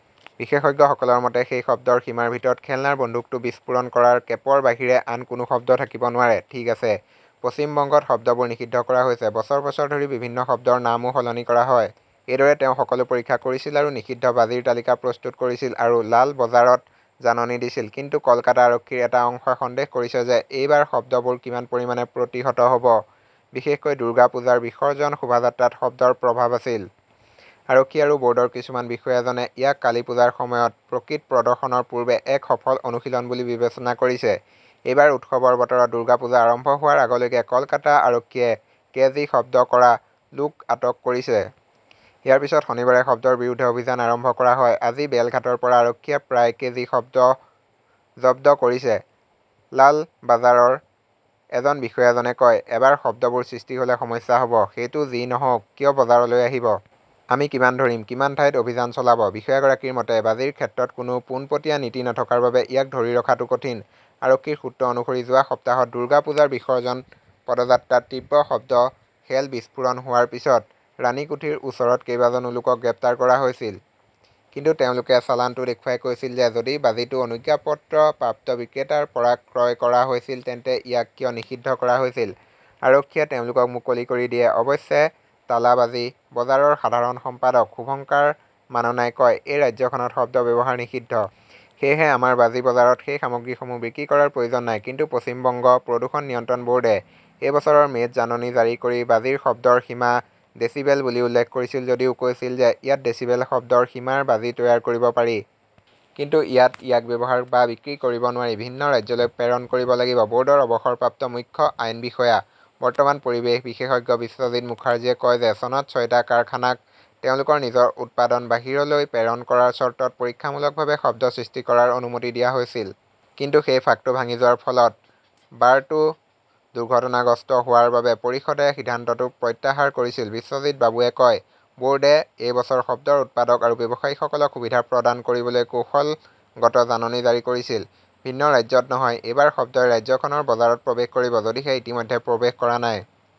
বিশেষজ্ঞসকলৰ মতে সেই শব্দৰ সীমাৰ ভিতৰত খেলনাৰ বন্দুকটো বিস্ফোৰণ কৰাৰ কেপৰ বাহিৰে আন কোনো শব্দ থাকিব নোৱাৰে। ঠিক আছে, পশ্চিম বংগত শব্দবোৰ নিষিদ্ধ কৰা হৈছে। বছৰ বছৰ ধৰি বিভিন্ন শব্দৰ নামও সলনি কৰা হয়। এইদৰে তেওঁ সকলো পৰীক্ষা কৰিছিল আৰু নিষিদ্ধ বাজিৰ তালিকা প্ৰস্তুত কৰিছিল আৰু লাল বজাৰত জাননী দিছিল। কিন্তু কলকাতা আৰক্ষীৰ এটা অংশই সন্দেহ কৰিছে যে এইবাৰ শব্দবোৰ কিমান পৰিমাণে প্ৰতিহত হ 'ব। বিশেষকৈ দুৰ্গা পূজাৰ বিসৰ্জন শোভাযাত্ৰাত শব্দৰ প্ৰভাৱ আছিল। আৰক্ষী আৰু বৰ্ডৰ কিছুমান বিষয়াজনে ইয়াক কালীপূজাৰ সময়ত প্ৰকৃত প্ৰদৰ্শনৰ পূৰ্বে এক 'সফল অনুশীলন' বুলি বিবেচনা কৰিছে। এইবাৰ উৎসৱৰ বতৰত দুৰ্গা পূজা আৰম্ভ হোৱাৰ আগলৈকে কলকাতা আৰক্ষীয়ে কেজি শব্দ কৰা লোক আটক কৰিছে। ইয়াৰ পিছত শনিবাৰে শব্দৰ বিৰুদ্ধে অভিযান আৰম্ভ কৰা হয়। আজি বেলেঘাটৰ পৰা আৰক্ষীয়ে প্ৰায় কেজি শব্দ জব্দ কৰিছে। লালবাজাৰৰ এজন বিষয়াজনে কয়, এবাৰ শব্দবোৰ সৃষ্টি হলে সমস্যা হ ব। সেইটো যি নহওক কিয় বজাৰলৈ আহিব। আমি কিমান ধৰিম, কিমান ঠাইত অভিযান চলাব! বিষয়া গৰাকীৰ মতে, বাজিৰ ক্ষেত্ৰত কোনো পোনপটীয়া নীতি নথকাৰ বাবে ইয়াক ধৰি ৰখাটো কঠিন। আৰক্ষীৰ সূত্ৰ অনুসৰি, যোৱা সপ্তাহত দুৰ্গা পূজাৰ বিসৰ্জন পদযাত্ৰাত তীব্ৰ শব্দত শেল বিস্ফোৰণ হোৱাৰ পিছত ৰাণীকুঠিৰ ওচৰত কেইবাজনো লোকক গ্ৰেপ্তাৰ কৰা হৈছিল। কিন্তু তেওঁলোকে চালানটো দেখুৱাই কৈছিল যে যদি বাজিটো অনুজ্ঞাপত্ৰপ্ৰাপ্ত বিক্ৰেতাৰ পৰা ক্ৰয় কৰা হৈছিল, তেন্তে ইয়াক কিয় নিষিদ্ধ কৰা হৈছিল? আৰক্ষীয়ে তেওঁলোকক মুকলি কৰি দিয়ে। অৱশ্যে টালা বাজি বজাৰৰ সাধাৰণ সম্পাদক শুভঙ্কাৰ মাননাই কয়, এই ৰাজ্যখনত শব্দ ব্যৱহাৰ নিষিদ্ধ। সেয়েহে আমাৰ বাজি বজাৰত সেই সামগ্ৰীসমূহ বিক্ৰী কৰাৰ প্ৰয়োজন নাই। কিন্তু পশ্চিম বংগ প্ৰদূষণ নিয়ন্ত্ৰণ ব ৰ্ডে এই বছৰৰ মে'ত জাননী জাৰি কৰি বাজিৰ শব্দৰ সীমা ডেছিবেল বুলি উল্লেখ কৰিছিল যদিও কৈছিল যে ইয়াত ডেছিবেল শব্দৰ সীমাৰ বাজি তৈয়াৰ কৰিব পাৰি। কিন্তু ইয়াত ইয়াক ব্যৱহাৰ বা বিক্ৰী কৰিব নোৱাৰি, ভিন্ন ৰাজ্যলৈ প্ৰেৰণ কৰিব লাগিব। বৰ্ডৰ অৱসৰপ্ৰাপ্ত মুখ্য আইন বিষয়া বৰ্তমান পৰিৱেশ বিশেষজ্ঞ বিশ্বজিত মুখাৰ্জীয়ে কয় যে চনত ছয়টা কাৰখানাক তেওঁলোকৰ নিজৰ উৎপাদন বাহিৰলৈ প্ৰেৰণ কৰাৰ চৰ্তত পৰীক্ষামূলকভাৱে শব্দ সৃষ্টি কৰাৰ অনুমতি দিয়া হৈছিল। কিন্তু সেই ফাঁকটো ভাঙি যোৱাৰ ফলত বাৰটো দুৰ্ঘটনাগ্ৰস্ত হোৱাৰ বাবে পৰিষদে সিদ্ধান্তটো প্ৰত্যাহাৰ কৰিছিল। বিশ্বজিত বাবুৱে কয়, বোৰ্ডে এই বছৰ শব্দৰ উৎপাদক আৰু ব্যৱসায়ীসকলক সুবিধা প্ৰদান কৰিবলৈ কৌশলগত জাননী জাৰি কৰিছিল। ভিন্ন ৰাজ্যত নহয়, এইবাৰ শব্দই ৰাজ্যখনৰ বজাৰত প্ৰৱেশ কৰিব, যদিহে ইতিমধ্যে প্ৰৱেশ কৰা নাই।